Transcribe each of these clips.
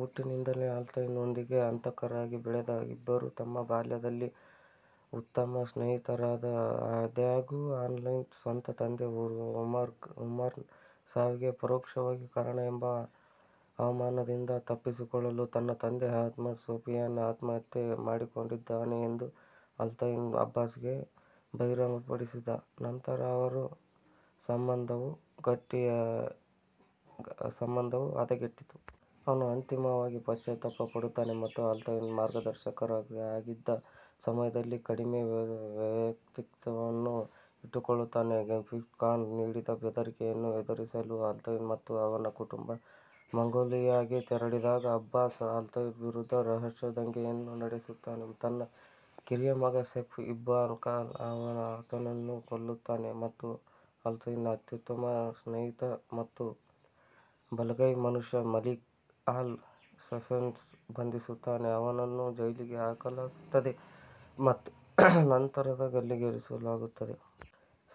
ಹುಟ್ಟಿನಿಂದಲೇ ಅಲ್ತೈರ್ನೊಂದಿಗೆ ಹಂತಕರಾಗಿ ಬೆಳೆದ ಇಬ್ಬರೂ ತಮ್ಮ ಬಾಲ್ಯದಲ್ಲಿ ಉತ್ತಮ ಸ್ನೇಹಿತರಾದರು. ಆದಾಗ್ಯೂ, ಅಲ್ತೈರ್ನ ಸ್ವಂತ ತಂದೆ ಉಮರ್ನ ಸಾವಿಗೆ ಪರೋಕ್ಷವಾಗಿ ಕಾರಣ ಎಂಬ ಅವಮಾನದಿಂದ ತಪ್ಪಿಸಿಕೊಳ್ಳಲು ತನ್ನ ತಂದೆ ಅಹ್ಮದ್ ಸೋಫಿಯಾನ್ ಆತ್ಮಹತ್ಯೆ ಮಾಡಿಕೊಂಡಿದ್ದಾನೆ ಎಂದು ಅಲ್ತೈರ್ ಅಬ್ಬಾಸ್ಗೆ ಬಹಿರಂಗಪಡಿಸಿದ ನಂತರ ಅವರ ಸಂಬಂಧವು ಹದಗೆಟ್ಟಿತು. ಅವನು ಅಂತಿಮವಾಗಿ ಪಶ್ಚಾತ್ತಾಪ ಪಡುತ್ತಾನೆ ಮತ್ತು ಆಲ್ಟೈರ್ನ ಮಾರ್ಗದರ್ಶಕರಾಗಿದ್ದ ಸಮಯದಲ್ಲಿ ಕಡಿಮೆ ವ್ಯಕ್ತಿತ್ವವನ್ನು ಇಟ್ಟುಕೊಳ್ಳುತ್ತಾನೆ. ಗೆಂಘಿಸ್ ಖಾನ್ ನೀಡಿದ ಬೆದರಿಕೆಯನ್ನು ಎದುರಿಸಲು ಅಲ್ತೈರ್ ಮತ್ತು ಅವನ ಕುಟುಂಬ ಮಂಗೋಲಿಯಾಗೆ ತೆರಳಿದಾಗ, ಅಬ್ಬಾಸ್ ಅಲ್ತೈರ್ ವಿರುದ್ಧ ರಹಸ್ಯ ದಂಗೆಯನ್ನು ನಡೆಸುತ್ತಾನೆ; ತನ್ನ ಕಿರಿಯ ಮಗ ಸೆಫ್ ಇಬ್ನ್-ಲಾ 'ಅಹದ್ನನ್ನು ಕೊಲ್ಲುತ್ತಾನೆ ಮತ್ತು ಅಲ್ತೈರ್ನ ಅತ್ಯುತ್ತಮ ಸ್ನೇಹಿತ ಮತ್ತು ಬಲಗೈ ಮನುಷ್ಯ ಮಲಿಕ್ ಅಲ್-ಸೈಫ್ನನ್ನು ಬಂಧಿಸುತ್ತಾನೆ, ಅವನನ್ನು ಜೈಲಿಗೆ ಹಾಕಲಾಗುತ್ತದೆ ಮತ್ತು ನಂತರ ಗಲ್ಲಿಗೇರಿಸಲಾಗುತ್ತದೆ.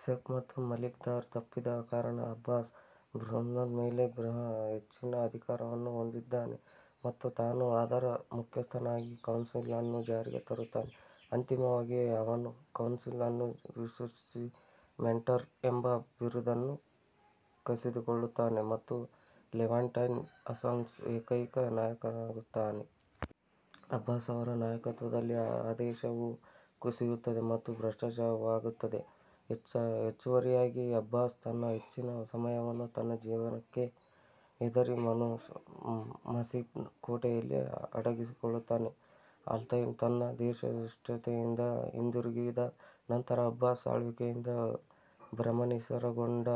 ಸೆಫ್ ಮತ್ತು ಮಲಿಕ್ ದಾರಿ ತಪ್ಪಿದ ಕಾರಣ, ಅಬ್ಬಾಸ್ ಬ್ರದರ್ಹುಡ್ನ ಮೇಲೆ ಹೆಚ್ಚಿನ ಅಧಿಕಾರವನ್ನು ಹೊಂದಿದ್ದಾನೆ ಮತ್ತು ತಾನು ಅದರ ಮುಖ್ಯಸ್ಥನಾಗಿ ಕೌನ್ಸಿಲ್ ಅನ್ನು ಜಾರಿಗೆ ತರುತ್ತಾನೆ. ಅಂತಿಮವಾಗಿ, ಅವನು ಕೌನ್ಸಿಲ್ ಅನ್ನು ವಿಸರ್ಜಿಸಿ, ಮೆಂಟರ್ ಎಂಬ ಬಿರುದನ್ನು ಕಸಿದುಕೊಳ್ಳುತ್ತಾನೆ ಮತ್ತು ಲೆವಾಂಟೈನ್ ಅಸ್ಸಾಸಿನ್ಸ್ನ ಏಕೈಕ ನಾಯಕನಾಗುತ್ತಾನೆ. ಅಬ್ಬಾಸ್ ಅವರ ನಾಯಕತ್ವದಲ್ಲಿ, ಆದೇಶವು ಕುಸಿಯುತ್ತದೆ ಮತ್ತು ಭ್ರಷ್ಟವಾಗುತ್ತದೆ. ಹೆಚ್ಚುವರಿಯಾಗಿ, ಅಬ್ಬಾಸ್ ತನ್ನ ಹೆಚ್ಚಿನ ಸಮಯವನ್ನು ತನ್ನ ಜೀವಕ್ಕೆ ಹೆದರಿ ಮಸೀಫ್ನ ಕೋಟೆಯಲ್ಲಿ ಅಡಗಿಸಿಡುತ್ತಾನೆ. ಅಲ್ತೈರ್ ತನ್ನ ದೇಶಭ್ರಷ್ಟತೆಯಿಂದ ಹಿಂದಿರುಗಿದ ನಂತರ, ಅಬ್ಬಾಸ್ ಆಳ್ವಿಕೆಯಿಂದ ಭ್ರಮನಿರಸನಗೊಂಡ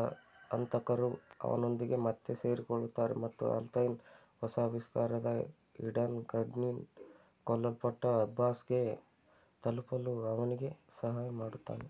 ಹಂತಕರು, ಅವನೊಂದಿಗೆ ಮತ್ತೆ ಸೇರಿಕೊಳ್ಳುತ್ತಾರೆ ಮತ್ತು ಅಲ್ತೈರ್ನ ಹೊಸ ಆವಿಷ್ಕಾರವಾದ ಹಿಡನ್ ಗನ್ನಿಂದ ಕೊಲ್ಲಲ್ಪಟ್ಟ ಅಬ್ಬಾಸ್ಗೆ ತಲುಪಲು ಅವನಿಗೆ ಸಹಾಯ ಮಾಡುತ್ತಾರೆ.